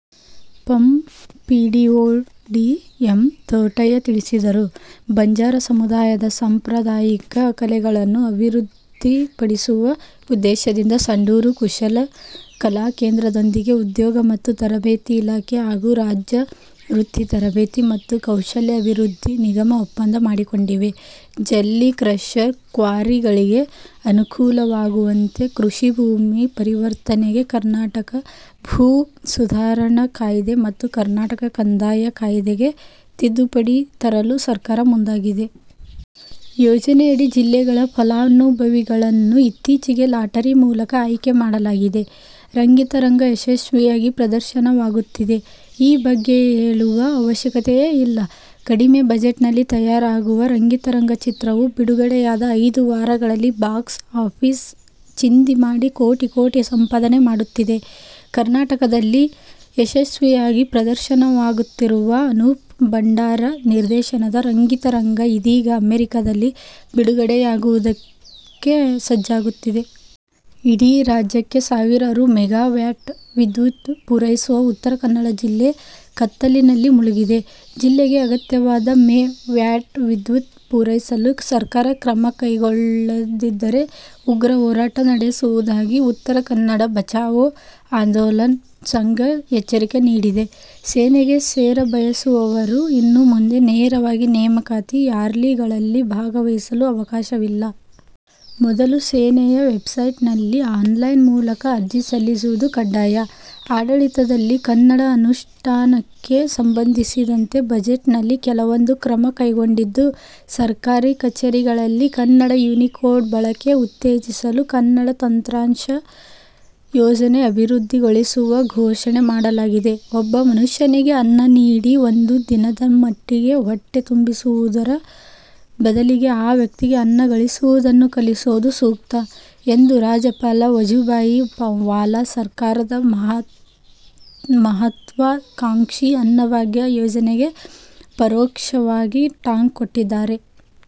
ಪಂ. PDO D. M. Thotaiah ತಿಳಿಸಿದರು. ಬಂಜಾರ ಸಮುದಾಯದ ಸಾಂಪ್ರದಾಯಿಕ ಕಲೆಗಳನ್ನು ಅಭಿವೃದ್ಧಿಪಡಿಸುವ ಉದ್ದೇಶದಿಂದ ಸಂಡೂರು ಕುಶಲ ಕಲಾ ಕೇಂದ್ರದೊಂದಿಗೆ ಉದ್ಯೋಗ ಮತ್ತು ತರಬೇತಿ ಇಲಾಖೆ ಹಾಗೂ ರಾಜ್ಯ ವೃತ್ತಿ ತರಬೇತಿ ಮತ್ತು ಕೌಶಲ್ಯ ಅಭಿವೃದ್ಧಿ ನಿಗಮ ಒಪ್ಪಂದ ಮಾಡಿಕೊಂಡಿವೆ. ಜಲ್ಲಿ ಕ್ರಷರ್, ಕ್ವಾರಿಗಳಿಗೆ ಅನುಕೂಲವಾಗುವಂತೆ ಕೃಷಿ ಭೂಮಿ ಪರಿವರ್ತನೆಗೆ ಕರ್ನಾಟಕ ಭೂ ಸುಧಾರಣಾ ಕಾಯ್ದೆ ಮತ್ತು ಕರ್ನಾಟಕ ಕಂದಾಯ ಕಾಯ್ದೆಗೆ ತಿದ್ದುಪಡಿ ತರಲು ಸರ್ಕಾರ ಮುಂದಾಗಿದೆ. ಯೋಜನೆಯಡಿ ಜಿಲ್ಲೆಗಳ ಫಲಾನುಭವಿಗಳನ್ನು ಇತ್ತೀಚಿಗೆ ಲಾಟರಿ ಮೂಲಕ ಆಯ್ಕೆ ಮಾಡಲಾಗಿದೆ. ರಂಗಿತರಂಗ ಯಶಸ್ವಿಯಾಗಿ ಪ್ರದರ್ಶನವಾಗುತ್ತಿದೆ. ಈ ಬಗ್ಗೆ ಹೇಳುವ ಅವಶ್ಯಕತೆಯೇ ಇಲ್ಲ. ಕಡಿಮೆ ಬಜೆಟ್ನಲ್ಲಿ ತಯಾರಾಗಿರುವ "ರಂಗಿತರಂಗ' ಚಿತ್ರವು ಬಿಡುಗಡೆಯಾದ ಐದು ವಾರಗಳಲ್ಲಿ ಬಾಕ್ಸ್ ಆಫೀಸ್ ಚಿಂದಿ ಮಾಡಿ ಕೋಟಿ ಕೋಟಿ ಸಂಪಾದನೆ ಮಾಡುತ್ತಿದೆ. ಕರ್ನಾಟಕದಲ್ಲಿ ಯಶಸ್ವಿಯಾಗಿ ಪ್ರದರ್ಶನವಾಗುತ್ತಿರುವ ಅನೂಪ್ ಭಂಡಾರಿ ನಿರ್ದೇಶನದ "ರಂಗಿತರಂಗ' ಇದೀಗ ಅಮೇರಿಕಾದಲ್ಲಿ ಬಿಡುಗಡೆಯಾಗುವುದುಕ್ಕೆ ಸಜ್ಜಾಗುತ್ತಿದೆ. ಇಡೀ ರಾಜ್ಯಕ್ಕೆ ಸಾವಿರಾರು ಮೆಗಾವ್ಯಾಟ್ ವಿದ್ಯುತ್ ಪೂರೈಸುವ ಉತ್ತರ ಕನ್ನಡ ಜಿಲ್ಲೆ ಕತ್ತಲಿನಲ್ಲಿ ಮುಳುಗಿದೆ. ಜಿಲ್ಲೆಗೆ ಅಗತ್ಯವಾದ ಮೆ. ವ್ಯಾಟ್ ವಿದ್ಯುತ್ ಪೂರೈಸಲು ಸರ್ಕಾರ ಕ್ರಮಕೈಗೊಳ್ಳದಿದ್ದರೆ ಉಗ್ರ ಹೋರಾಟ ನಡೆಸುವುದಾಗಿ ಉತ್ತರ ಕನ್ನಡ ಬಚಾವೋ ಆಂದೋಲನ ಸಂಘ ಎಚ್ಚರಿಕೆ ನೀಡಿದೆ. ಸೇನೆಗೆ ಸೇರಬಯಸುವವರು ಇನ್ನುಮುಂದೆ ನೇರವಾಗಿ ನೇಮಕಾತಿ ರ್ಯಾಲಿಗಳಲ್ಲಿ ಭಾಗವಹಿಸಲು ಅವಕಾಶವಿಲ್ಲ. ಮೊದಲು ಸೇನೆಯ ವೆಬ್ಸೈಟ್ನಲ್ಲಿ ಆನ್ಲೈನ್ ಮೂಲಕ ಅರ್ಜಿ ಸಲ್ಲಿಸುವುದು ಕಡ್ಡಾಯ. ಆಡಳಿತದಲ್ಲಿ ಕನ್ನಡ ಅನುಷ್ಠಾನಕ್ಕೆ ಸಂಬಂಧಿಸಿದಂತೆ ಬಜೆಟ್ನಲ್ಲಿ ಕೆಲವೊಂದು ಕ್ರಮ ಕೈಗೊಂಡಿದ್ದು, ಸರ್ಕಾರಿ ಕಚೇರಿಗಳಲ್ಲಿ ಕನ್ನಡ ಯುನಿಕೋಡ್ ಬಳಕೆ ಉತ್ತೇಜಿಸಲು ಕನ್ನಡ ತಂತ್ರಾಂಶ ಯೋಜನೆ ಅಭಿವೃದ್ಧಿಗೊಳಿಸುವ ಘೋಷಣೆ ಮಾಡಲಾಗಿದೆ. "ಒಬ್ಬ ಮನುಷ್ಯನಿಗೆ ಅನ್ನ ನೀಡಿ ಒಂದು ದಿನದಮಟ್ಟಿಗೆ ಹೊಟ್ಟೆ ತುಂಬಿಸುವುದರ ಬದಲಿಗೆ ಆ ವ್ಯಕ್ತಿಗೆ ಅನ್ನ ಗಳಿಸುವುದನ್ನು ಕಲಿಸುವುದು ಸೂಕ್ತ' ಎಂದು ರಾಜ್ಯಪಾಲ ವಜುಭಾಯಿ ವಾಲಾ ಸರ್ಕಾರದ ಮಹತ್ವಾ ಕಾಂಕ್ಷಿ "ಅನ್ನಭಾಗ್ಯ' ಯೋಜನೆಗೆ ಪರೋಕ್ಷವಾಗಿ ಟಾಂಗ್ ಕೊಟ್ಟಿದ್ದಾರೆ.